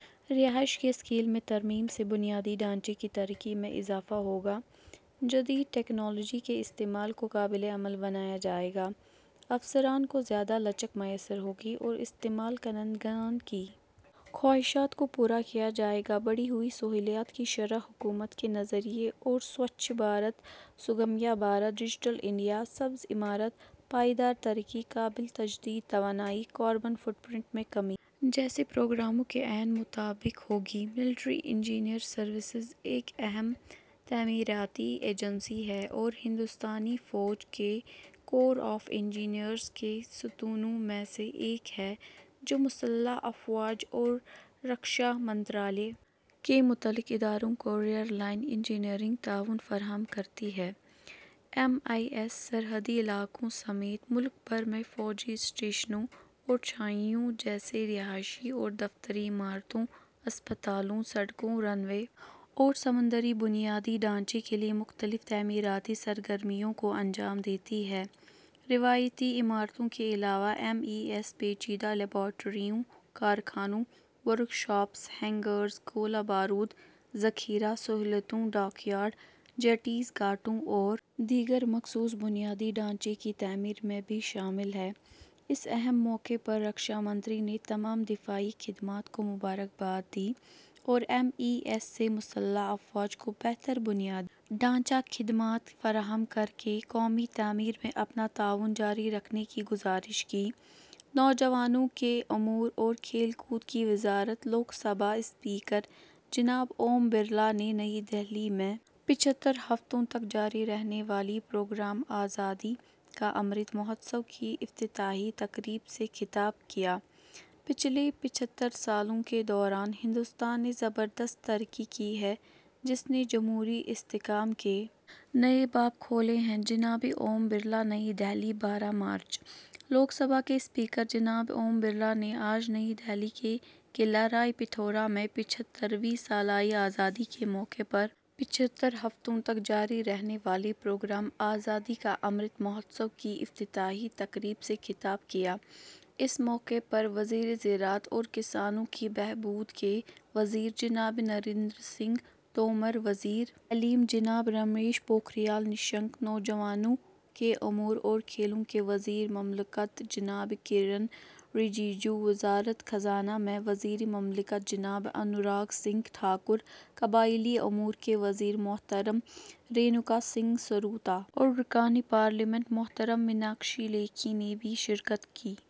رہائش کے اسکیل میں ترمیم سے بنیادی ڈھانچے کی ترقی میں اضافہ ہوگا جدید ٹیکنالوجی کے استعمال کو قابل عمل بنایا جائے گا افسران کو زیادہ لچک میسر ہوگی اور استعمال کنندگان کی خواہشات کو پورا کیا جائے گا بڑھی ہوئی سہولیات کی شرح حکومت کے نظریے اور سوچھ بھارت سگم بھارت ڈیجیٹل انڈیا سبز عمارت پائیدار ترقی قابل تجدید توانائی کاربن فٹ پرنٹ میں کمی جیسے پروگراموں کے عین مطابق ہوگی ملٹری انجینئر سروسز ایک اہم تعمیراتی ایجنسی ہے اور ہندوستانی فوج کے کور آف انجینئرز کے ستونوں میں سے ایک ہے جو مسلح افواج اور رکشا منترالیہ کے متعلقہ اداروں کو ریئر لائن انجینئرنگ تعاون فراہم کرتی ہے ایم ای ایس سرحدی علاقوں سمیت ملک بھر میں فوجی اسٹیشنوں اور چھاؤنیوں جیسے رہائشی اور دفتری عمارتوں اسپتالوں سڑکوں رن وے اور سمندری بنیادی ڈھانچے کے لیے مختلف تعمیراتی سرگرمیوں کو انجام دیتی ہے روایتی عمارتوں کے علاوہ ایم ای ایس پیچیدہ لیبارٹریوں کارخانوں ورکشاپس ہینگرز گولہ بارود ذخیرہ سہولتوں ڈاکیارڈ جیٹیز گھاٹوں اور دیگر مخصوص بنیادی ڈھانچے کی تعمیر میں بھی شامل ہے اس اہم موقع پر رکشا منتری نے تمام دفاعی خدمات کو مبارکباد دی اور ایم ای ایس سے مسلح افواج کو بہتر بنیادی ڈھانچہ خدمات فراہم کر کے قومی تعمیر میں اپنا تعاون جاری رکھنے کی گزارش کی نوجوانوں کے امور اور کھیل کود کی وزارت لوک سبھا اسپیکر جناب اوم برلا نے نئی دہلی میں پچھتر ہفتوں تک جاری رہنے والے پروگرام آزادی کا امرت مہوتسو کی افتتاحی تقریب سے خطاب کیا پچھلے پچھتر سالوں کے دوران ہندوستان نے زبردست ترقی کی ہے جس نے جمہوری استحکام کے نئے باب کھولے ہیں جناب اوم برلا نئی دہلی بارہ مارچ لوک سبھا کے اسپیکر جناب اوم برلا نے آج نئی دہلی کے قلعہ رائے پتھورا میں پچھترویں سال آزادی کے موقع پر پچھتر ہفتوں تک جاری رہنے والے پروگرام آزادی کا امرت مہوتسو کی افتتاحی تقریب سے خطاب کیا اس موقع پر وزیر زراعت اور کسانوں کی بہبود کے وزیر جناب نریندر سنگھ تومر وزیر تعلیم جناب رمیش پوکھریال نشنک نوجوانوں کے امور اور کھیلوں کے وزیر مملکت جناب کیرن رجیجو وزارت خزانہ میں وزیر مملکت جناب انوراگ سنگھ ٹھاکر قبائلی امور کی وزیر محترمہ رینوکا سنگھ سروتا اور رکن پارلیمنٹ محترمہ میناکشی لیکھی نے بھی شرکت کی